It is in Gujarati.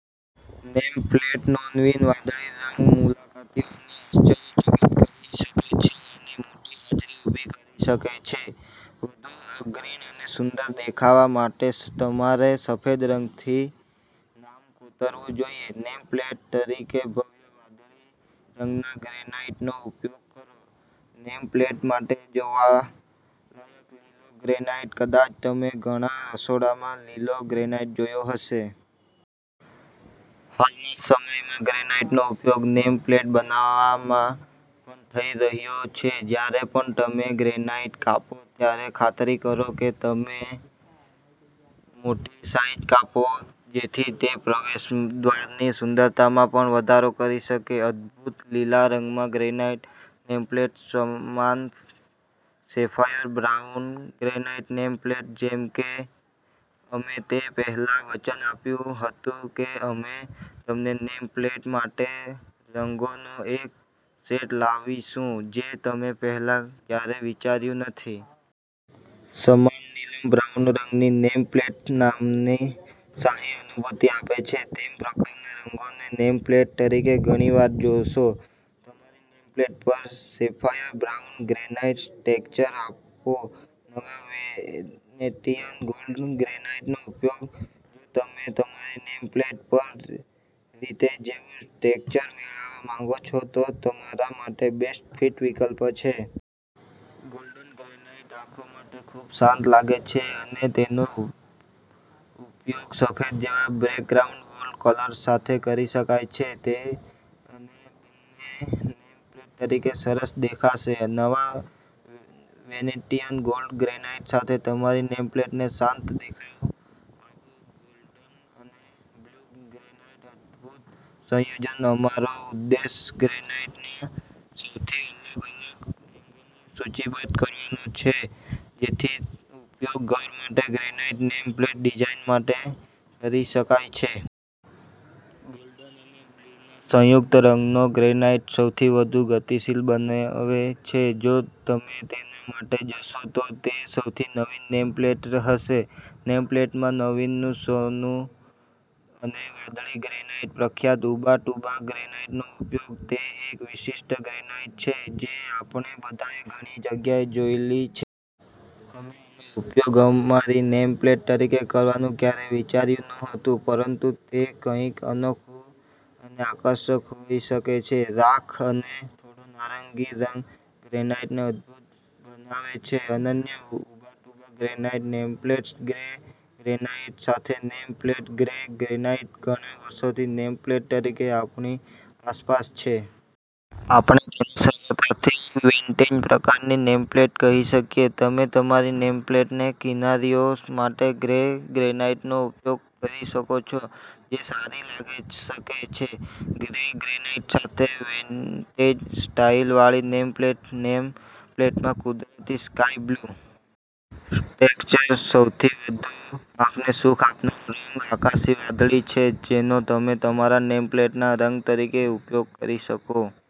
નેમ પ્લેટનોનવીન વાદળી રંગ મુલાકાતીઓને આશ્ચર્યચકિત કરી શકે છે અને મોટી હાજરી ઉભી કરી શકે છે. વધુ અગ્રણી અને સુંદર દેખાવા માટે તમારે સફેદ રંગથી નામ કોતરવું જોઈએ. નેમપ્લેટ તરીકે ભવ્ય વાદળી રંગના ગ્રેનાઈટનો ઉપયોગ કરો નેમપ્લેટ્સ માટે જોવાલાયક લીલો ગ્રેનાઈટ કદાચ તમે ઘણા રસોડામાં લીલો ગ્રેનાઈટ જોયો હશે. હાલના સમયમાં ગ્રેનાઈટનો ઉપયોગ નેમ પ્લેટ બનાવવામાં પણ થઈ રહ્યો છે. જ્યારે પણ તમે ગ્રેનાઈટ કાપો ત્યારે ખાતરી કરો કે તમે મોટી સાઈઝ કાપો જેથી તે પ્રવેશદ્વારની સુંદરતામાં પણ વધારો કરી શકે. અદભૂત લીલા રંગમાં ગ્રેનાઈટ નેમપ્લેટ સમાન sapphire brown granite name plate જેમ કે અમે તે પહેલાં વચન આપ્યું હતું કે અમે તમને નેમ પ્લેટ માટે રંગોનો એક સેટ લાવીશું જે તમે પહેલાં ક્યારેય વિચાર્યું નથી. સમાન નીલમ બ્રાઉન રંગની નેમ પ્લેટ નામને શાહી અનુભૂતિ આપે છે. તમે પ્રકારના રંગોને નેમપ્લેટ તરીકે ઘણી વાર જોશો. તમારી નેમપ્લેટ પર સેફાયર બ્રાઉન ગ્રેનાઈટ ટેક્સચર આપો નવા વેનેટીયન ગોલ્ડ ગ્રેનાઈટનો ઉપયોગ જો તમે તમારી નેમ પ્લેટ પર રેતી જેવું ટેક્સચર મેળવવા માંગો છો તો તમારા માટે બેસ્ટ ફિટ વિકલ્પ છે. ગોલ્ડ ગ્રેનાઈટ આંખો માટે ખૂબ શાંત લાગે છે અને તેનો ઉપયોગ સફેદ જેવા બેકગ્રાઉન્ડ વોલ કલર્સ સાથે કરી શકાય છે. તે અને બંને નેમ પ્લેટ તરીકે સરસ દેખાશે. નવા વેનેટીયન ગોલ્ડ ગ્રેનાઈટ સાથે તમારી નેમપ્લેટને શાંત દેખાવ આપો ગોલ્ડન અને બ્લુ ગ્રેનાઈટનું અદભૂત સંયોજન અમારો ઉદ્દેશ્ય ગ્રેનાઈટના સૌથી અલગ અલગ રંગોને સૂચિબદ્ધ કરવાનો છે જેનો ઉપયોગ ઘર માટે ગ્રેનાઈટ નેમ પ્લેટ ડિઝાઇન માટે કરી શકાય છે. ગોલ્ડન અને બ્લુના સંયુક્ત રંગો ગ્રેનાઈટને સૌથી વધુ ગતિશીલ બનાવે છે. જો તમે તેના માટે જશો તો તે સૌથી નવીન નેમ પ્લેટ હશે. નેમપ્લેટમાં નવીન સોનું અને વાદળી ગ્રેનાઈટ પ્રખ્યાત ઉબા ટુબા ગ્રેનાઈટનો ઉપયોગ તે એક વિશિષ્ટ ગ્રેનાઈટ છે જે આપણે બધાએ ઘણી જગ્યાએ જોયેલી છે. અમે આનો ઉપયોગ અમારી નેમ પ્લેટ તરીકે કરવાનું ક્યારેય વિચાર્યું નહોતું પરંતુ તે કંઈક અનોખું અને આકર્ષક હોઈ શકે છે. રાખ અને થોડો નારંગી રંગ ગ્રેનાઈટને અદભૂત બનાવે છે. અનન્ય Ubatuba granite nameplates grey granite સાથે નેમ પ્લેટ ગ્રે ગ્રેનાઈટ ઘણા વર્ષોથી નેમપ્લેટ તરીકે આપણી આસપાસ છે. આપણે તેને સરળતાથી વિન્ટેજ પ્રકારની નેમપ્લેટ કહી શકીએ. તમે તમારી નેમપ્લેટની કિનારીઓ માટે ગ્રે ગ્રેનાઈટનો ઉપયોગ કરી શકો છો, જે સારી લાગી શકે છે. ગ્રે ગ્રેનાઈટ સાથે વિન્ટેજ-સ્ટાઈલવાળી નેમપ્લેટ નેમ પ્લેટમાં કુદરતી સ્કાય-બ્લુ ટેક્સચર સૌથી વધુ આંખને સુખ આપનારો રંગ આકાશી વાદળી છે જેનો તમે તમારા નેમપ્લેટના રંગ તરીકે ઉપયોગ કરી શકો